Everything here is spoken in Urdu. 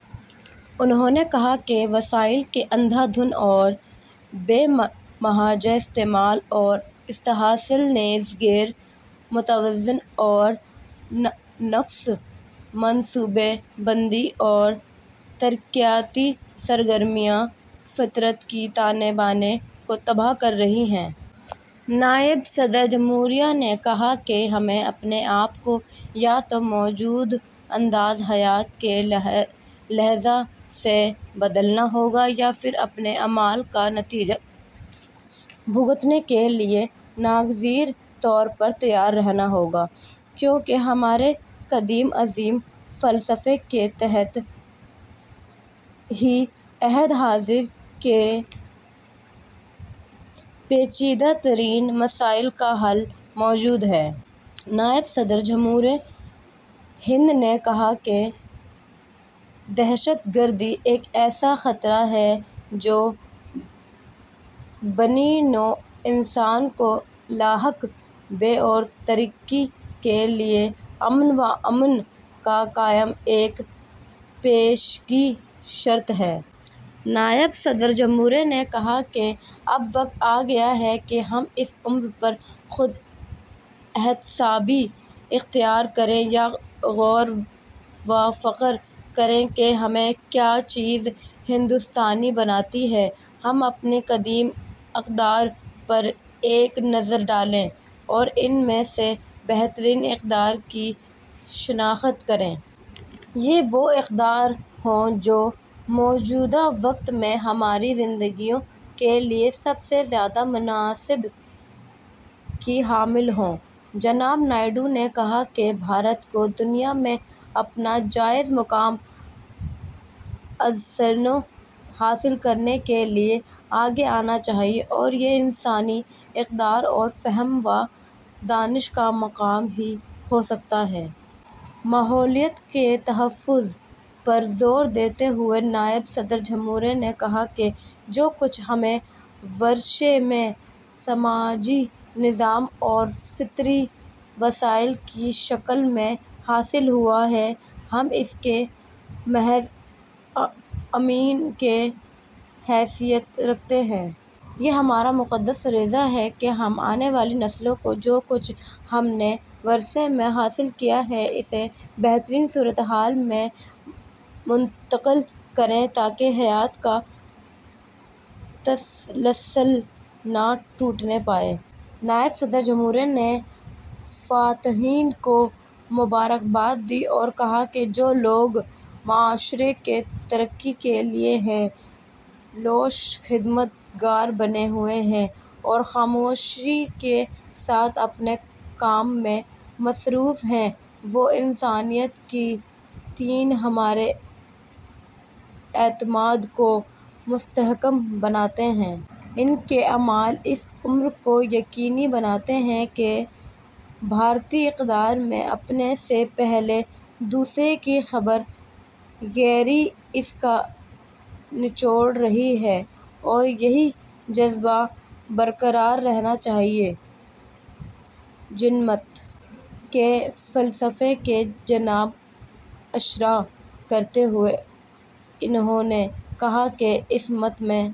انہوں نے کہا کہ وسائل کے اندھا دھند اور بے محابہ استعمال اور استحصال نیز غیر متوازن اور ناقص منصوبہ بندی اور ترقیاتی سرگرمیاں، فطرت کے تانے بانے کو تباہ کر رہی ہیں۔ نائب صدر جمہوریہ نے کہا کہ ہمیں اپنے آپ کو یا تو موجودہ انداز حیات کے لحاظ سے بدلنا ہوگا یا پھر اپنے اعمال کا نتیجہ بھگتنے کے لیے ناگزیر طور پر تیار رہنا ہوگا، کیونکہ ہماری قدیم عظیم فلسفے کے تحت ہی عہد حاضر کے پیچیدہ ترین مسائل کا حل موجود ہے۔ نائب صدر جمہوریہ ہند نے کہا کہ دہشت گردی ایک ایسا خطرہ ہے جو بنی نوع انسان کو لاحق ہے اور ترقی کے لیے امن و امان کا قیام ایک پیشگی شرط ہے۔ نائب صدر جمہوریہ نے کہا کہ اب وقت آگیا ہے کہ ہم اس امر پر خود احتسابی اختیار کریں یا غور و فکر کریں کہ ہمیں کیا چیز ہندوستانی بناتی ہے۔ ہم اپنی قدیم اقدار پر ایک نظر ڈالیں اور ان میں سے بہترین اقدار کی شناخت کریں۔ یہ وہ اقدار ہوں جو موجودہ وقت میں ہماری زندگیوں کے لیے سب سے زیادہ مناسبت کی حامل ہوں۔ جناب نائیڈو نے کہا کہ بھارت کو دنیا میں اپنا جائز مقام ازسرنو حاصل کرنے کے لیے آگے آنا چاہیے اور یہ انسانی اقدار اور فہم و دانش کا مقام ہی ہو سکتا ہے۔ ماحولیات کے تحفظ پر زور دیتے ہوئے نائب صدر جمہوریہ نے کہا کہ جو کچھ ہمیں ورثے میں سماجی نظام اور فطری وسائل کی شکل میں حاصل ہوا ہے، ہم اس کے محض امین کی حیثیت رکھتے ہیں۔ یہ ہمارا مقدس فریضہ ہے کہ ہم آنے والی نسلوں کو جو کچھ ہم نے ورثے میں حاصل کیا ہے، اسے بہترین صورتحال میں منتقل کریں تاکہ حیات کا تسلسل نہ ٹوٹنے پائے۔ نائب صدر جمہوریہ نے فاتحین کو مبارکباد دی اور کہا کہ جو لوگ معاشرے کی ترقی کے لیے بے لوث خدمت گار بنے ہوئے ہیں اور خاموشی کے ساتھ اپنے کام میں مصروف ہیں، وہ انسانیت کے تئیں ہمارے اعتماد کو مستحکم بناتے ہیں۔ ان کے اعمال اس امر کو یقینی بناتے ہیں کہ بھارتی اقدار میں اپنے سے پہلے دوسرے کی خبر گیری اس کا نچوڑ رہی ہے اور یہی جذبہ برقرار رہنا چاہیے۔ جین مت کے فلسفے کی جانب اشارہ کرتے ہوئے انہوں نے کہا کہ اس مت میں